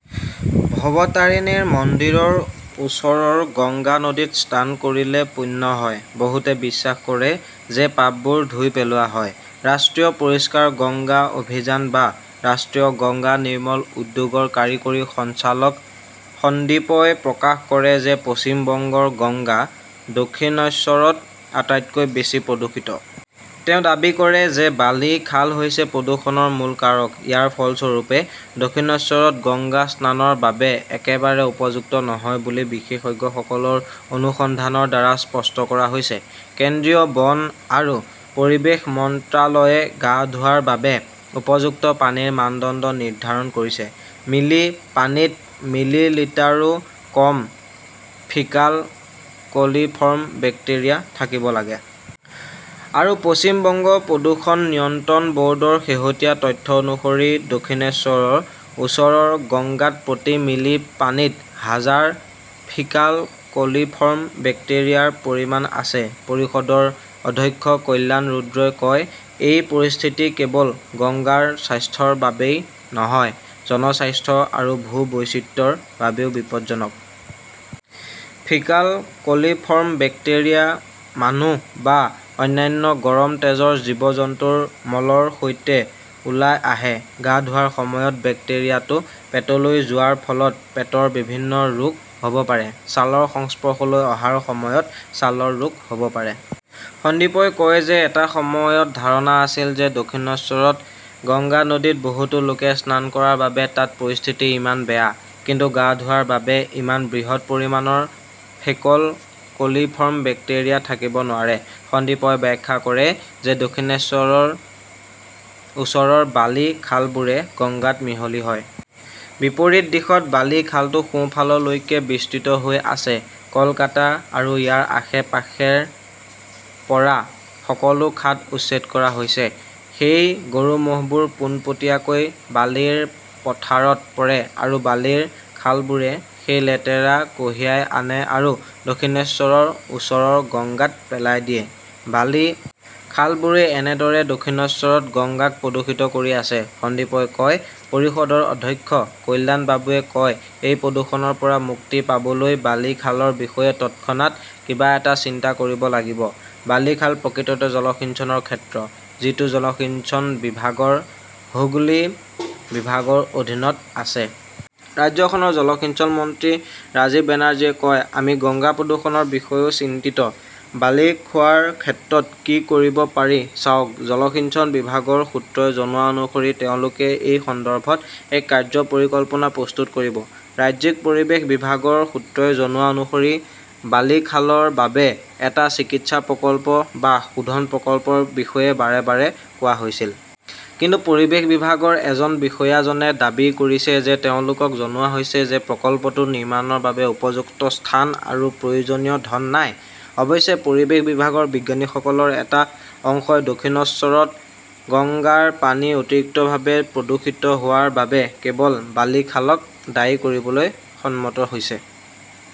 ভৱতাৰিনীৰ মন্দিৰৰ ওচৰৰ গংগা নদীত স্নান কৰিলে পুণ্য হয়, বহুতে বিশ্বাস কৰে যে পাপবোৰ ধুই পেলোৱা হয়। ৰাষ্ট্ৰীয় পৰিষ্কাৰ গংগা অভিযান বা ৰাষ্ট্ৰীয় গংগা নিৰ্মল উদ্যোগৰ কাৰিকৰী সঞ্চালক সন্দীপই প্ৰকাশ কৰে যে পশ্চিম বংগৰ গংগা দক্ষিণইশ্বৰত আটাইতকৈ বেছি প্ৰদূষিত। তেওঁ দাবী কৰে যে বালি খাল হৈছে প্ৰদূষণৰ মূল কাৰক। ইয়াৰ ফলস্বৰূপে, দক্ষিনশ্বৰত গংগা স্নানৰ বাবে একেবাৰে উপযুক্ত নহয় বুলি বিশেষজ্ঞসকলৰ অনুসন্ধানৰ দ্বাৰা স্পষ্ট কৰা হৈছে। কেন্দ্ৰীয় বন আৰু পৰিৱেশ মন্ত্ৰালয়ে গা ধোৱাৰ বাবে উপযুক্ত পানীৰ মানদণ্ড নিৰ্ধাৰণ কৰিছে, মিলি পানীত মিলিলিটাৰো কম ফিকাল কলিফৰ্ম বেক্টেৰিয়া থাকিব লাগে। আৰু পশ্চিম বংগ প্ৰদূষণ নিয়ন্ত্ৰণ বৰ্ডৰ শেহতীয়া তথ্য অনুসৰি দক্ষিণেশ্বৰৰ ওচৰৰ গংগাত প্ৰতি মিলি পানীত হাজাৰ ফিকাল কলিফৰ্ম বেক্টেৰিয়াৰ পৰিমাণ আছে। পৰিষদৰ অধ্যক্ষ কল্যাণ ৰুদ্ৰই কয়, এই পৰিস্থিতি কেৱল গংগাৰ স্বাস্থ্যৰ বাবেই নহয়, জনস্বাস্থ্য আৰু ভূ-বৈচিত্ৰ্যৰ বাবেও বিপজ্জনক। ফিকাল কলিফৰ্ম বেক্টেৰিয়া মানুহ বা অন্যান্য গৰম তেজৰ জীৱ-জন্তুৰ মলৰ সৈতে ওলাই আহে। গা ধোৱাৰ সময়ত বেক্টেৰিয়াটো পেটলৈ যোৱাৰ ফলত পেটৰ বিভিন্ন ৰোগ হব পাৰে, ছালৰ সংস্পৰ্শলৈ অহাৰ সময়ত ছালৰ ৰোগ হব পাৰে। সন্দীপই কয় যে এটা সময়ত ধাৰণা আছিল যে দক্ষিণশ্বৰত গংগা নদীত বহুতো লোকে স্নান কৰাৰ বাবে তাত পৰিস্থিতি ইমান বেয়া। কিন্তু গা ধোৱাৰ বাবে ইমান বৃহৎ পৰিমাণৰ ফেকল কলিফৰ্ম বেক্টেৰিয়া থাকিব নোৱাৰে। সন্দীপই ব্যাখ্যা কৰে যে দক্ষিণেশ্বৰৰ ওচৰৰ বালি খালবোৰে গঙ্গাত মিহলি হয়। বিপৰীত দিশত বালি খালটো সোঁফাললৈকে বিস্তৃত হৈ আছে। কলকাতা আৰু ইয়াৰ আশে-পাশেৰ পৰা সকলো খাট উচ্ছেদ কৰা হৈছে। সেই গৰু-মহবোৰ পোনপটীয়াকৈ বালিৰ পথাৰত পৰে। আৰু বালিৰ খালবোৰে সেই লেতেৰা কঢ়িয়াই আনে আৰু দক্ষিণেশ্বৰৰ ওচৰৰ গঙ্গাত পেলাই দিয়ে। বালি খালবোৰেই এনেদৰে দক্ষিণশ্বৰত গঙ্গাক প্ৰদূষিত কৰি আছে, সন্দীপই কয়। পৰিষদৰ অধ্যক্ষ কল্যাণবাবুৱে কয়, এই প্ৰদূষণৰ পৰা মুক্তি পাবলৈ বালি খালৰ বিষয়ে তৎক্ষণাত কিবা এটা চিন্তা কৰিব লাগিব। বালিখাল প্ৰকৃততে জলসিঞ্চনৰ ক্ষেত্ৰ। যিটো জলসিঞ্চন বিভাগৰ হুগলী বিভাগৰ অধীনত আছে। ৰাজ্যখনৰ জলসিঞ্চন মন্ত্ৰী ৰাজীৱ বেনাৰ্জীয়ে কয়, আমি গংগা প্ৰদূষণৰ বিষয়েও চিন্তিত। বালি খোৱাৰ ক্ষেত্ৰত কি কৰিব পাৰি চাওক, জলসিঞ্চন বিভাগৰ সূত্ৰই জনোৱা অনুসৰি তেওঁলোকে এই সন্দৰ্ভত এক 'কাৰ্য্য পৰিকল্পনা প্ৰস্তুত কৰিব। ৰাজ্যিক পৰিৱেশ বিভাগৰ সূত্ৰই জনোৱা অনুসৰি বালিখালৰ বাবে এটা চিকিৎসা প্ৰকল্প বা শোধন প্ৰকল্পৰ বিষয়ে বাৰে বাৰে কোৱা হৈছিল। কিন্তু পৰিৱেশ বিভাগৰ এজন বিষয়াজনে দাবী কৰিছে যে তেওঁলোকক জনোৱা হৈছে যে প্ৰকল্পটো নিৰ্মাণৰ বাবে উপযুক্ত স্থান আৰু প্ৰয়োজনীয় ধন নাই। অৱশ্যে, পৰিৱেশ বিভাগৰ বিজ্ঞানীসকলৰ এটা অংশই দক্ষিণশ্বৰত গংগাৰ পানী অতিৰিক্তভাৱে প্ৰদূষিত হোৱাৰ বাবে কেৱল বালি খালক দায়ী কৰিবলৈ সন্মত হৈছে।